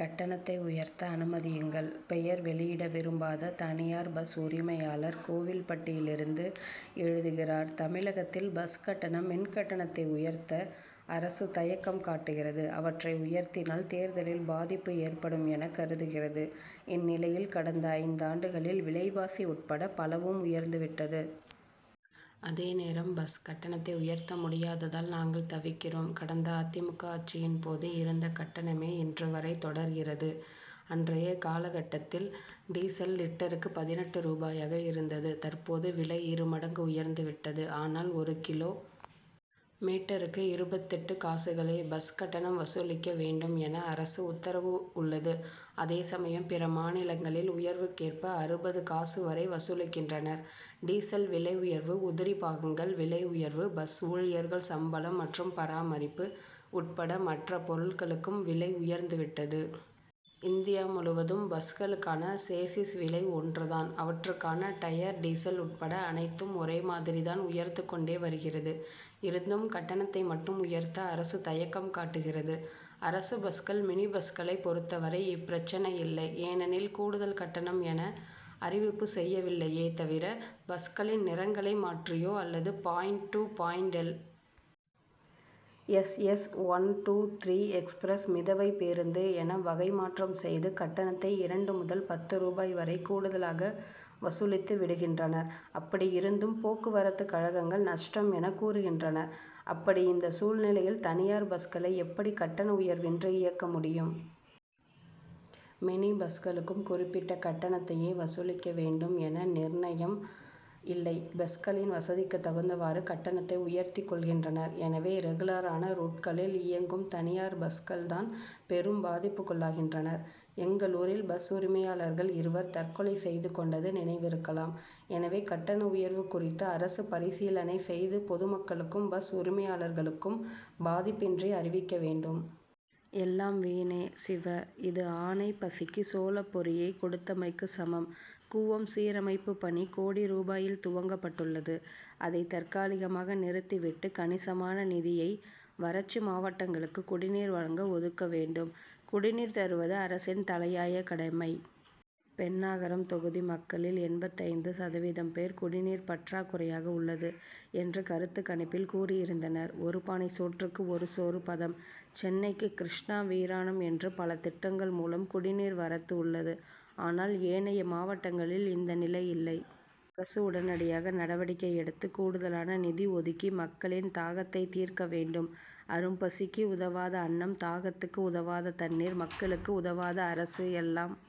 கட்டணத்தை உயர்த்த அனுமதியுங்கள்! பெயர் வெளியிட விரும்பாத தனியார் பஸ் உரிமையாளர் கோவில்பட்டியில் இருந்து எழுதுகிறார் தமிழகத்தில் பஸ் கட்டணம் மின் கட்டணத்தை உயர்த்த அரசு தயக்கம் காட்டுகிறது. அவற்றை உயர்த்தினால் தேர்தலில் பாதிப்பு ஏற்படும் என கருதுகிறது. இந்நிலையில் கடந்த ஐந்தாண்டுகளில் விலைவாசி உட்பட பலவும் உயர்ந்து விட்டது. அதேநேரம் பஸ் கட்டணத்தை உயர்த்த முடியாததால் நாங்கள் தவிக்கிறோம். கடந்த அ. தி. மு. க. ஆட்சியின் போது இருந்த கட்டணமே இன்று வரை தொடர்கிறது. அன்றைய காலகட்டத்தில் டீசல் லிட்டருக்கு பதினெட்டு ரூபாயாக இருந்தது. தற்போது விலை இருமடங்கு உயர்ந்து விட்டது. ஆனால் ஒரு கிலோ மீட்டர்க்கு இருபத்தெட்டு காசுகளே பஸ் கட்டணம் வசூலிக்க வேண்டும் என அரசு உத்தரவு உள்ளது. அதேசமயம் பிற மாநிலங்களில் உயர்வுக் கேற்ப அறுபது காசு வரை வசூலிக்கின்றனர். டீசல் விலை உயர்வு உதிரிபாகங்கள் விலை உயர்வு பஸ் ஊழியர்கள் சம்பளம் மற்றும் பராமரிப்பு உட்பட மற்ற பொருட்களுக்கும் விலை உயர்ந்துவிட்டது. இந்தியா முழுவதும் பஸ்களுக்கான சேசிஸ் விலை ஒன்றுதான். அவற்றுக்கான டயர் டீசல் உட்பட அனைத்தும் ஒரே மாதிரிதான் உயர்ந்து கொண்டே வருகிறது. இருந்தும் கட்டணத்தை மட்டும் உயர்த்த அரசு தயக்கம் காட்டுகிறது. அரசு பஸ்கள் மினி பஸ்களை பொறுத்தவரை இப்பிரச்னை இல்லை. ஏனெனில் கூடுதல் கட்டணம் என அறிவிப்பு செய்யவில்லையே தவிர பஸ்களின் நிறங்களை மாற்றியோ அல்லது point to point L. S. S. One two three express மிதவை பேருந்து என வகை மாற்றம் செய்து கட்டணத்தை இரண்டு முதல் பத்து ரூபாய் வரை கூடுதலாக வசூலித்து விடுகின்றனர். அப்படியிருந்தும் போக்குவரத்துக் கழகங்கள் நஷ்டம் என கூறுகின்றன. அப்படி இந்த சூழ்நிலையில் தனியார் பஸ்களை எப்படி கட்டண உயர்வின்றி இயக்க முடியும்? மினி பஸ்களுக்கும் குறிப்பிட்ட கட்டணத்தையே வசூலிக்க வேண்டும் என நிர்ணயம் இல்லை. பஸ்களின் வசதிக்கு தகுந்தவாறு கட்டணத்தை உயர்த்திக் கொள்கின்றனர். எனவே ரெகுலரான ரூட்களில் இயங்கும் தனியார் பஸ்கள் தான் பெரும் பாதிப்புக்குள்ளாகின்றன. எங்களூரில் பஸ் உரிமையாளர்கள் இருவர் தற்கொலை செய்து கொண்டது நினைவிருக்கலாம். எனவே கட்டண உயர்வு குறித்து அரசு பரிசீலனை செய்து பொதுமக்களுக்கும் பஸ் உரிமையாளர்களுக்கும் பாதிப்பின்றி அறிவிக்க வேண்டும். எல்லாம் வீணே! சிவ. இது ஆனைப் பசிக்கு சோளப் பொரியைக் கொடுத்தமைக்குச் சமம். கூவம் சீரமைப்பு பணி கோடி ரூபாயில் துவங் கப்பட்டுள்ளது. அதை தற்காலிகமாக நிறுத்தி விட்டு கணிசமான நிதியை வறட்சி மாவட்டங்களுக்கு குடிநீர் வழங்க ஒதுக்க வேண்டும். குடிநீர் தருவது அரசின் தலையாய கடமை. பென்னாகரம் தொகுதி மக்களில் எண்பத்தைந்து சதவீதம் பேர் குடிநீர் பற்றாக்குறையாக உள்ளது என்று கருத்துக் கணிப்பில் கூறியிருந்தனர். ஒரு பானை சோற்றுக்கு ஒரு சோறு பதம்! சென்னைக்கு கிருஷ்ணா வீராணம் என்று பல திட்டங்கள் மூலம் குடிநீர் வரத்து உள்ளது. ஆனால் ஏனைய மாவட்டங்களில் இந்த நிலை இல்லை. அரசு உடனடியாக நடவடிக்கை எடுத்து கூடுதலான நிதி ஒதுக்கி மக்களின் தாகத்தை தீர்க்க வேண்டும். அரும்பசிக்கு உதவாத அன்னம் தாகத்துக்கு உதவாத தண்ணீர் மக்களுக்கு உதவாத அரசு எல்லாம்